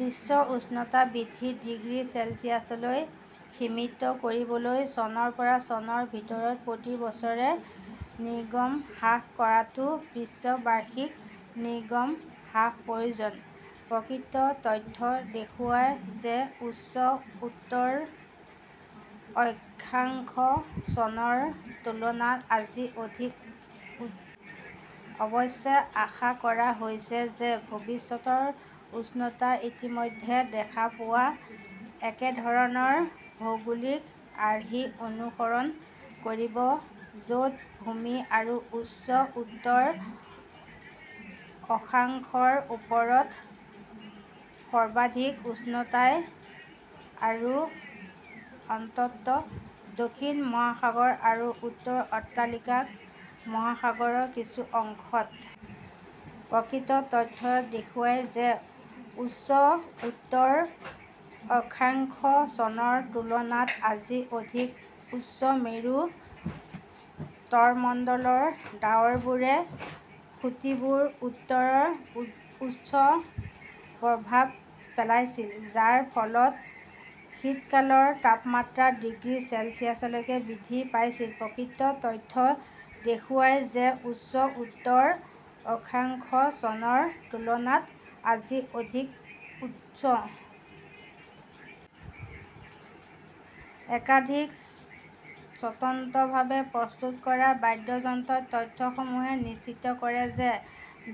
বিশ্বৰ উষ্ণতা বৃদ্ধি ডিগ্ৰী চেলছিয়াছলৈ সীমিত কৰিবলৈ, চনৰ পৰা চনৰ ভিতৰত প্ৰতি বছৰে নিৰ্গমন হ্ৰাস কৰাটো বিশ্বৰ বাৰ্ষিক নিৰ্গমন হ্ৰাসৰ প্ৰয়োজন। প্ৰকৃত তথ্যই দেখুৱায় যে উচ্চ উত্তৰ অক্ষাংশ চনৰ তুলনাত আজি অধিক উষ্ণ। অৱশ্যে, আশা কৰা হৈছে যে ভৱিষ্যতৰ উষ্ণতাই ইতিমধ্যে দেখা পোৱা একেধৰণৰ ভৌগোলিক আৰ্হি অনুসৰণ কৰিব, য "ত ভূমি আৰু উচ্চ উত্তৰ অক্ষাংশৰ ওপৰত সৰ্বাধিক উষ্ণায়ন, আৰু অন্ততঃ দক্ষিণ মহাসাগৰ আৰু উত্তৰ আটলাণ্টিক মহাসাগৰৰ কিছু অংশত। প্ৰকৃত তথ্যই দেখুৱায় যে উচ্চ উত্তৰ অক্ষাংশ চনৰ তুলনাত আজি অধিক উষ্ণ। মেৰু স্তৰমণ্ডলৰ ডাৱৰবোৰে খুঁটিবোৰৰ ওপৰত উষ্ণ প্ৰভাৱ পেলাইছিল, যাৰ ফলত শীতকালত তাপমাত্ৰা ডিগ্ৰী চেলছিয়াছলৈকে বৃদ্ধি পাইছিল। প্ৰকৃত তথ্যই দেখুৱায় যে উচ্চ উত্তৰ অক্ষাংশ চনৰ তুলনাত আজি অধিক উষ্ণ। একাধিক স্বতন্ত্ৰভাৱে প্ৰস্তুত কৰা বাদ্যযন্ত্ৰৰ তথ্যসমুহে নিশ্চিত কৰে যে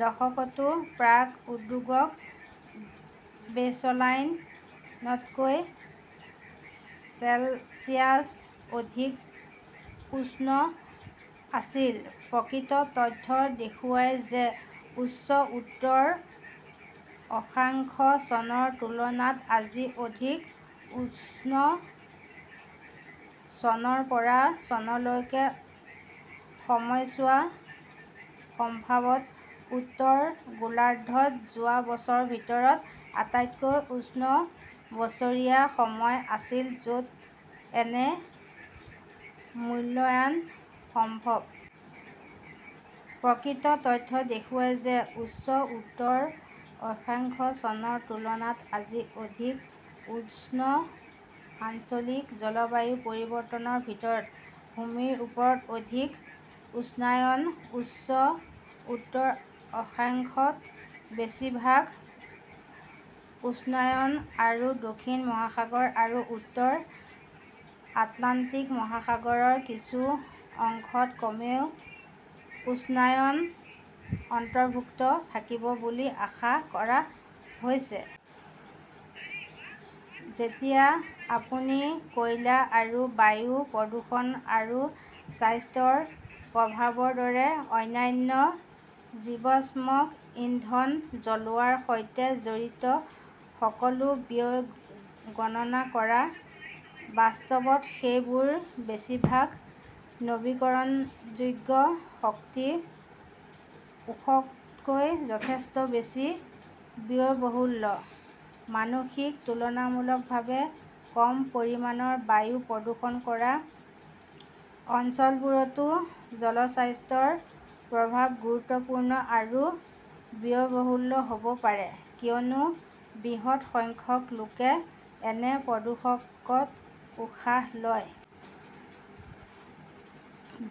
দশকটো প্ৰাক-ঔদ্যোগিক বেচলাইন তকৈ চেলছিয়াছ অধিক উষ্ণ আছিল। প্ৰকৃত তথ্যই দেখুৱায় যে উচ্চ উত্তৰ অক্ষাংশ চনৰ তুলনাত আজি অধিক উষ্ণ। চনৰ পৰা চনলৈকেৰ সময়ছোৱা সম্ভৱতঃ উত্তৰ গোলাৰ্ধত যোৱা বছৰৰ ভিতৰত আটাইতকৈ উষ্ণ বছৰীয়া সময় আছিল, য 'ত এনে মূল্যায়ন সম্ভৱ। প্ৰকৃত তথ্যই দেখুৱায় যে উচ্চ উত্তৰ অক্ষাংশ চনৰ তুলনাত আজি অধিক উষ্ণ। আঞ্চলিক জলবায়ুৰ পৰিৱৰ্তনৰ ভিতৰত ভূমিৰ ওপৰত অধিক উষ্ণায়ন, উচ্চ উত্তৰ অক্ষাংশত বেছিভাগ উষ্ণায়ন, আৰু দক্ষিণ মহাসাগৰ আৰু উত্তৰ আটলাণ্টিক মহাসাগৰৰ কিছু অংশত কমেও উষ্ণায়ন অন্তৰ্ভুক্ত থাকিব বুলি আশা কৰা হৈছে। যেতিয়া আপুনি কয়লা আৰু বায়ু প্ৰদূষণ আৰু স্বাস্থ্যৰ প্ৰভাৱৰ দৰে অন্যান্য জীৱাশ্ম ইন্ধন জ্বলোৱাৰ সৈতে জড়িত সকলো ব্যয় গণনা কৰে, বাস্তৱত সেইবোৰ বেছিভাগ নৱীকৰণযোগ্য শক্তি উৎসতকৈ যথেষ্ট বেছি ব্যয়বহুল। আনকি তুলনামূলকভাৱে কম পৰিমাণৰ বায়ু প্ৰদূষণ থকা অঞ্চলবোৰতো জনস্বাস্থ্যৰ প্ৰভাৱ গুৰুত্বপূৰ্ণ আৰু ব্যয়বহুল হ "ব পাৰে, কিয়নো বৃহৎ সংখ্যক লোকে এনে প্ৰদূষকত উশাহ লয়।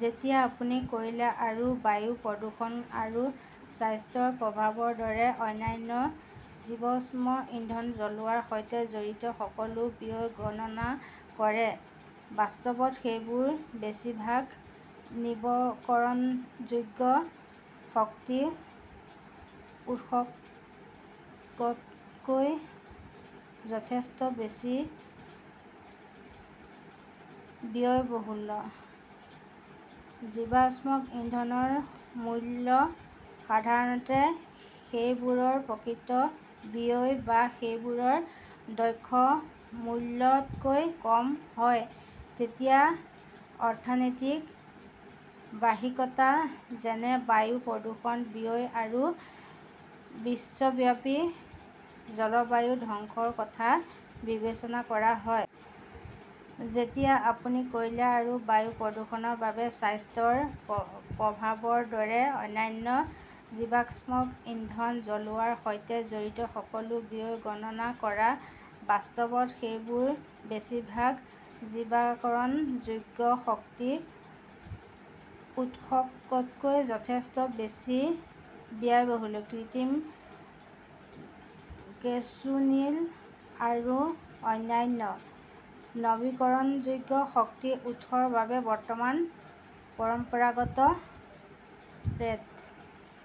যেতিয়া আপুনি কয়লা আৰু বায়ু প্ৰদূষণ আৰু স্বাস্থ্যৰ প্ৰভাৱৰ দৰে অন্যান্য জীৱাশ্ম ইন্ধন জ্বলোৱাৰ সৈতে জড়িত সকলো ব্যয় গণনা কৰে, বাস্তৱত সেইবোৰ বেছিভাগ নৱীকৰণযোগ্য শক্তি উৎসতকৈ যথেষ্ট বেছি ব্যয়বহুল। জীৱাশ্ম ইন্ধনৰ মূল্য সাধাৰণতে সেইবোৰৰ প্ৰকৃত ব্যয় বা সেইবোৰৰ "দক্ষ মূল্য" তকৈ কম হয়, যেতিয়া অৰ্থনৈতিক বাহ্যিকতা, যেনে বায়ু প্ৰদূষণৰ ব্যয় আৰু বিশ্বব্যাপী জলবায়ু ধ্বংসৰ কথা বিবেচনা কৰা হয়। যেতিয়া আপুনি কয়লা আৰু বায়ু প্ৰদূষণ আৰু স্বাস্থ্যৰ প্ৰভাৱৰ দৰে অন্যান্য জীৱাশ্ম ইন্ধন জ্বলোৱাৰ সৈতে জড়িত সকলো ব্যয় গণনা কৰে, বাস্তৱত সেইবোৰ বেছিভাগ নৱীকৰণযোগ্য শক্তি উৎসতকৈ যথেষ্ট বেছি ব্যয়বহুল। কৃত্ৰিম গেছোলিন আৰু অন্যান্য নৱীকৰণযোগ্য শক্তি উৎসৰ বাবে বৰ্তমান পৰম্পৰাগত পেট্ৰ